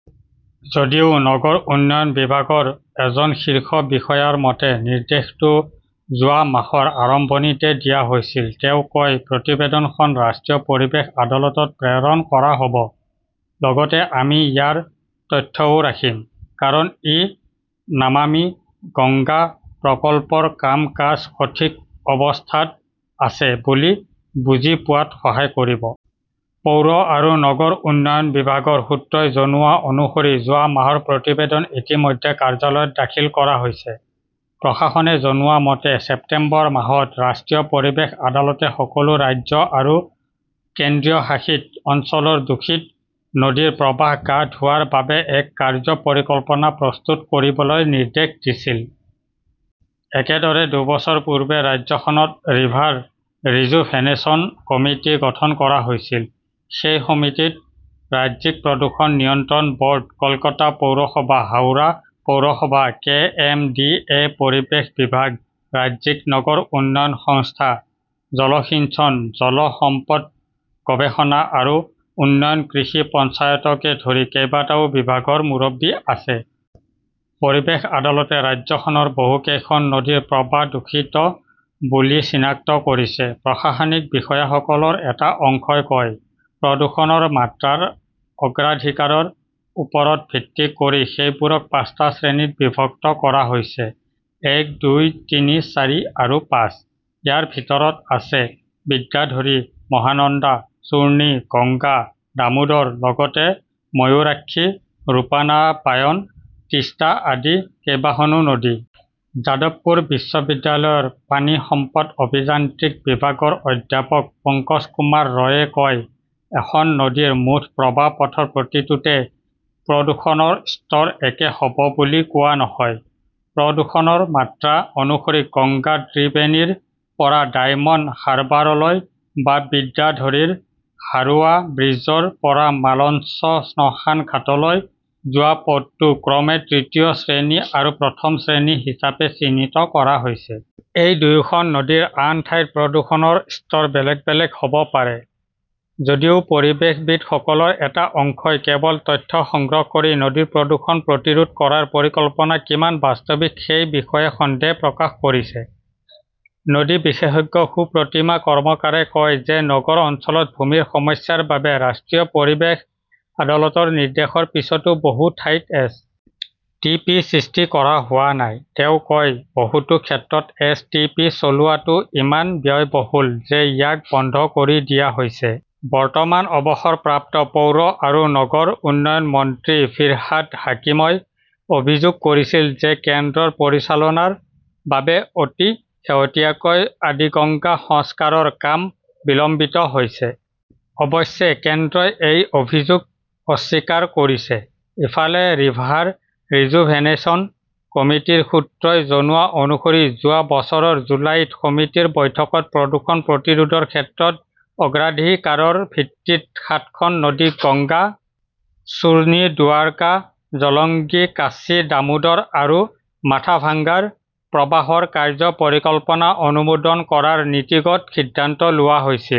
যদিও নগৰ উন্নয়ন বিভাগৰ এজন শীৰ্ষ বিষয়াৰ মতে, নিৰ্দেশটো যোৱা মাহৰ আৰম্ভণিতে দিয়া হৈছিল। তেওঁ কয়, প্ৰতিবেদনখন ৰাষ্ট্ৰীয় পৰিৱেশ আদালতত প্ৰেৰণ কৰা হ'ব। লগতে আমি ইয়াৰ তথ্যও ৰাখিম। কাৰণ, ই নমামি গংগা প্ৰকল্পৰ কাম-কাজ সঠিক অৱস্থাত আছে বুলি বুজি পোৱাত সহায় কৰিব। পৌৰ আৰু নগৰ উন্নয়ন বিভাগৰ সূত্ৰই জনোৱা অনুসৰি যোৱা মাহৰ প্ৰতিবেদন ইতিমধ্যে কাৰ্যালয়ত দাখিল কৰা হৈছে। প্ৰশাসনে জনোৱা মতে, ছেপ্টেম্বৰ মাহত ৰাষ্ট্ৰীয় পৰিৱেশ আদালতে সকলো ৰাজ্য আৰু কেন্দ্ৰীয় শাসিত অঞ্চলৰ দূষিত নদীৰ প্ৰৱাহ গা ধোৱাৰ বাবে এক কাৰ্য্য পৰিকল্পনা প্ৰস্তুত কৰিবলৈ নিৰ্দেশ দিছিল। একেদৰে, দুবছৰ পূৰ্বে ৰাজ্যখনত ৰিভাৰ ৰিজুভেনেশ্যন কমিটি গঠন কৰা হৈছিল। সেই সমিতিত ৰাজ্যিক প্ৰদূষণ নিয়ন্ত্ৰণ ব'ৰ্ড, কলকাতা পৌৰসভা, হাওৰা পৌৰসভা, কে. এম. ডি. এ., পৰিৱেশ বিভাগ, ৰাজ্যিক নগৰ উন্নয়ন সংস্থা, জলসিঞ্চন, জল সম্পদ গৱেষণা আৰু উন্নয়ন, কৃষি, পঞ্চায়তকে ধৰি কেইবাটাও বিভাগৰ মুৰব্বী আছে। পৰিৱেশ আদালতে ৰাজ্যখনৰ বহুকেইখন নদীৰ প্ৰৱাহ দূষিত বুলি চিনাক্ত কৰিছে, প্ৰশাসনিক বিষয়াসকলৰ এটা অংশই কয়। প্ৰদূষণৰ মাত্ৰাৰ অগ্ৰাধিকাৰৰ ওপৰত ভিত্তি কৰি সেইবোৰক পাঁচটা শ্ৰেণীত বিভক্ত কৰা হৈছে-এক, দুই, তিনি, চাৰি আৰু পাঁচ। ইয়াৰ ভিতৰত আছে বিদ্যাধৰী, মহানন্দা, চুৰ্ণী, গংগা, দামোদৰ, লগতে ময়ূৰাক্ষী, ৰূপনাৰায়ণ, তিষ্টা আদি কেইবাখনো নদী। যাদৱপুৰ বিশ্ববিদ্যালয়ৰ পানী সম্পদ অভিযান্ত্ৰিক বিভাগৰ অধ্যাপক পঙ্কজকুমাৰ ৰয়ে কয়, এখন নদীৰ মুঠ প্ৰবাহ পথৰ প্ৰতিটোতে প্ৰদূষণৰ স্তৰ একে হ'ব বুলি কোৱা নহয়। প্ৰদূষণৰ মাত্ৰা অনুসৰি গংগাৰ ত্ৰিবেণীৰ পৰা ডায়মণ্ড হাৰ্বাৰলৈ বা বিদ্যাধৰীৰ হাৰোৱা ব্ৰীজৰ পৰা মালঞ্চ শ্মশান ঘাটলৈ যোৱা পথটো ক্ৰমে তৃতীয় শ্ৰেণী আৰু প্ৰথম শ্ৰেণী হিচাপে চিহ্নিত কৰা হৈছে। এই দুয়োখন নদীৰ আন ঠাইত প্ৰদূষণৰ স্তৰ বেলেগ বেলেগ হ'ব পাৰে। যদিও পৰিৱেশবিদসকলৰ এটা অংশই কেৱল তথ্য সংগ্ৰহ কৰি নদীৰ প্ৰদূষণ প্ৰতিৰোধ কৰাৰ পৰিকল্পনা কিমান বাস্তৱিক সেই বিষয়ে সন্দেহ প্ৰকাশ কৰিছে। নদী বিশেষজ্ঞ সুপ্ৰতীমা কৰ্মকাৰে কয় যে নগৰ অঞ্চলত ভূমিৰ সমস্যাৰ বাবে ৰাষ্ট্ৰীয় পৰিৱেশ আদালতৰ নিৰ্দেশৰ পিছতো বহু ঠাইত এছ. টি. পি. সৃষ্টি কৰা হোৱা নাই। তেওঁ কয়, বহুতো ক্ষেত্ৰত এছ. টি. পি. চলোৱাটো ইমান ব্যয়বহুল যে ইয়াক বন্ধ কৰি দিয়া হৈছে। বৰ্তমান অৱসৰপ্ৰাপ্ত পৌৰ আৰু নগৰ উন্নয়ন মন্ত্ৰী ফিৰহাদ হাকিমই অভিযোগ কৰিছিল যে কেন্দ্ৰৰ পৰিচালনাৰ বাবে অতি শেহতীয়াকৈ আদিগঙ্গা সংস্কাৰৰ কাম বিলম্বিত হৈছে। অৱশ্যে কেন্দ্ৰই এই অভিযোগ অস্বীকাৰ কৰিছে। ইফালে, ৰিভাৰ ৰিজুভেনেশ্যন কমিটিৰ সূত্ৰই জনোৱা অনুসৰি, যোৱা বছৰৰ জুলাইত সমিতিৰ বৈঠকত প্ৰদূষণ প্ৰতিৰোধৰ ক্ষেত্ৰত অগ্ৰাধিকাৰৰ ভিত্তিত সাতখন নদী-গংগা, চুৰ্নী, দুৱাৰকা, জলংগী, কাঁচি, দামোদৰ আৰু মাথাভাঙ্গাৰ প্ৰবাহৰ কাৰ্য্য পৰিকল্পনা অনুমোদন কৰাৰ নীতিগত সিদ্ধান্ত লোৱা হৈছিল।